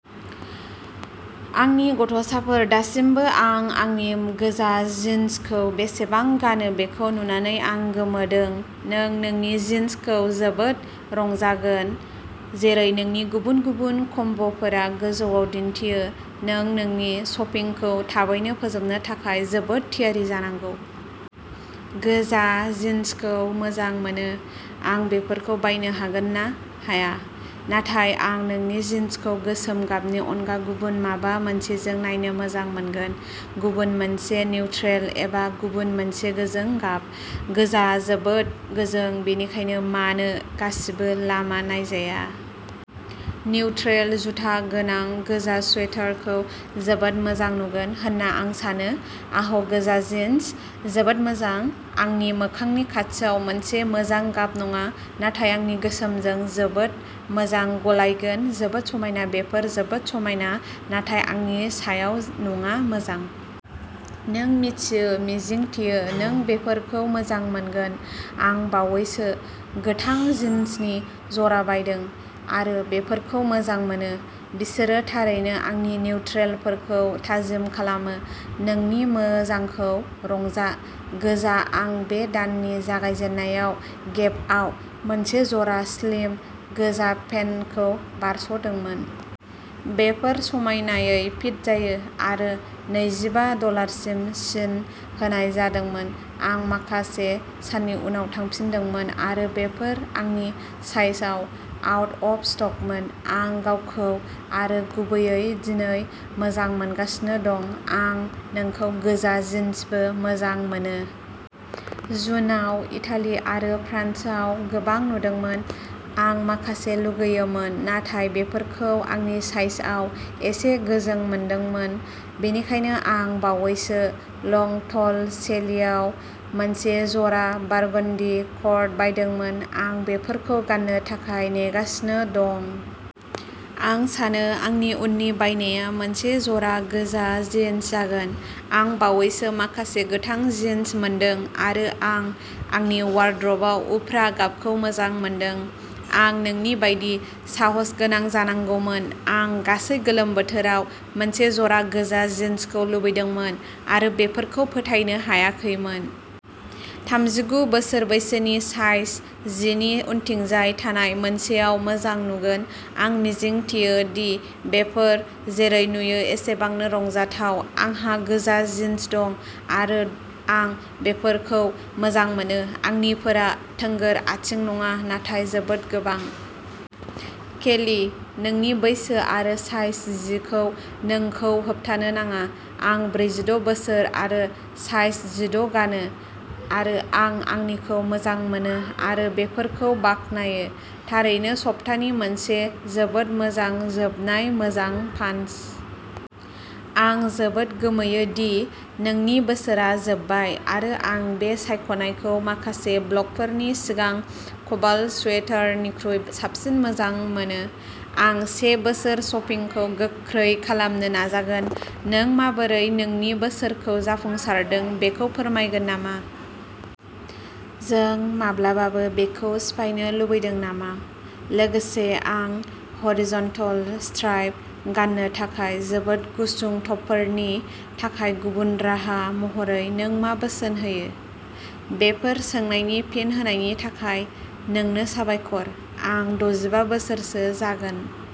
आंनि गथ'साफोर दासिमबो। आं आंनि गोजा जिनसखौ बेसेबां गानो बेखौ नुनानै आं गोमोदों। नों नोंनि जिनसखौ जोबोद रंजागोन। जेरै नोंनि गुबुन गुबुन कम्ब’फोरा गोजौआव दिनथियो। नों नोंनि शपिंखौ थाबैनो फोजोबनो थाखाय जोबोद थियारि जानांगौ। गोजा जिनसखौ मोजां मोनो। आं बेफोरखौ बायनो हागोन ना हाया? नाथाय आं नोंनि जिनसखौ गोसोम गाबनि अनगा गुबुन माबा मोनसेजों नायनो मोजां मोनगोन। गुबुन मोनसे निउट्रेल एबा गुबुन मोनसे गोजों गाब। गोजा जोबोद गोजों, बेनिखायनो मानो गासिबो लामा नायजाया। निउट्रेल जुथा गोनां गोजा स्वेटार खौ जोबोद मोजां नुगोन होनना आं सानो। आह गोजा जिन्स। जोबोद मोजां। आंनि मोखांनि खाथियाव मोनसे मोजां गाब नङा, नाथाय आंनि गोसोमजों जोबोद मोजां गलायगोन, जोबोद समायना बेफोर जोबोद समायना, नाथाय आंनि सायाव नङा मोजां। नों मिथियो मिजिंथियो नों बेफोरखौ मोजां मोनगोन। आं बावैसो गोथां जिनसनि जरा बायदों आरो बेफोरखौ मोजां मोनो। बिसोरो थारैनो आंनि निउट्रेलफोरखौ थाजिम खालामो। नोंनि मोजांखौ रंजा। गोजा आं बे दाननि जागायजेननायाव गेपआव मोनसे जरा स्लिम गोजा पेन्टखौ बारस'दोंमोन। बेफोर समायनायै फिट जायो आरो नैजिबा डलारसिम सिन होनाय जादोंमोन। आं माखासे साननि उनाव थांफिनदोंमोन आरो बेफोर आंनि साइजआव आउट अफ स्टकमोन। आं गावखौ आरो गुबैयै दिनै मोजां मोनगासिनो दं। आं नोंखौ गोजा जिन्सबो मोजां मोनो। जुनआव इटाली आरो फ्रान्सआव गोबां नुदोंमोन। आं माखासे लुगैयोमोन। नाथाय बेफोरखौ आंनि साइजआव एसे गोजों मोनदोंमोन। बेनिखायनो आं बावैसो लं टल सेलिआव मोनसे जरा बारगनदि कर्ड बायदोंमोन। आं बेफोरखौ गाननो थाखाय नेगासिनो दं। आं सानो आंनि उननि बायनाया मोनसे जरा गोजा जिन्स जागोन। आं बावैसो माखासे गोथां जिन्स मोनदों आरो आं आंनि वारद्रबआव उफ्रा गाबखौ मोजां मोनदों। आं नोंनि बायदि साहसगोनां जानांगौमोन। आं गासै गोलोम बोथोराव मोनसे जरा गोजा जिन्सखौ लुबैदोंमोन आरो बेफोरखौ फोथायनो हायाखैमोन। थामजिगु बोसोर बैसोनि साइज जि नि उनथिंजाय थानाय मोनसेआव मोजां नुगोन। आं मिजिंथियो दि बेफोर जेरै नुयो एसेबांनो रंजाथाव। आंहा गोजा जिन्स दं आरो आं बेफोरखौ मोजां मोनो। आंनिफोरा थोंगोर आथिं नङा नाथाय जोबोद गोबां। केली, नोंनि बैसो आरो साइज जि खौ नोंखौ होबथानो नाङा। आं ब्रैजिद’ बोसोर आरो साइज जिद’ गानो आरो आं आंनिखौ मोजां मोनो आरो बेफोरखौ बाखनायो। थारैनो सपतानि मोनसे जोबोद मोजां जोबनाय मोजां पानस। आं जोबोद गोमोयो दि नोंनि बोसोरआ जोबबाय आरो आं बे सायख'नायखौ माखासे ब्लगफोरनि सिगां क'बाल्ट स्वेटारनिख्रुइ साबसिन मोजां मोनो। आं से बोसोर शपिंखौ गोख्रै खालामनो नाजागोन। नों माबोरै नोंनि बोसोरखौ जाफुंसारदों बेखौ फोरमायगोन नामा? जों माब्लाबाबो बेखौ सिफायनो लुबैदों नामा? लोगोसे, आं ह'रिजनटल स्ट्राइप गाननो थाखाय जोबोद गुसुं टपफोरनि थाखाय गुबुन राहा महरै नों मा बोसोन होयो? बेफोर सोंनायनि फिन होनायनि थाखाय नोंनो साबायखर। आं द’जिबा बोसोरसो जागोन।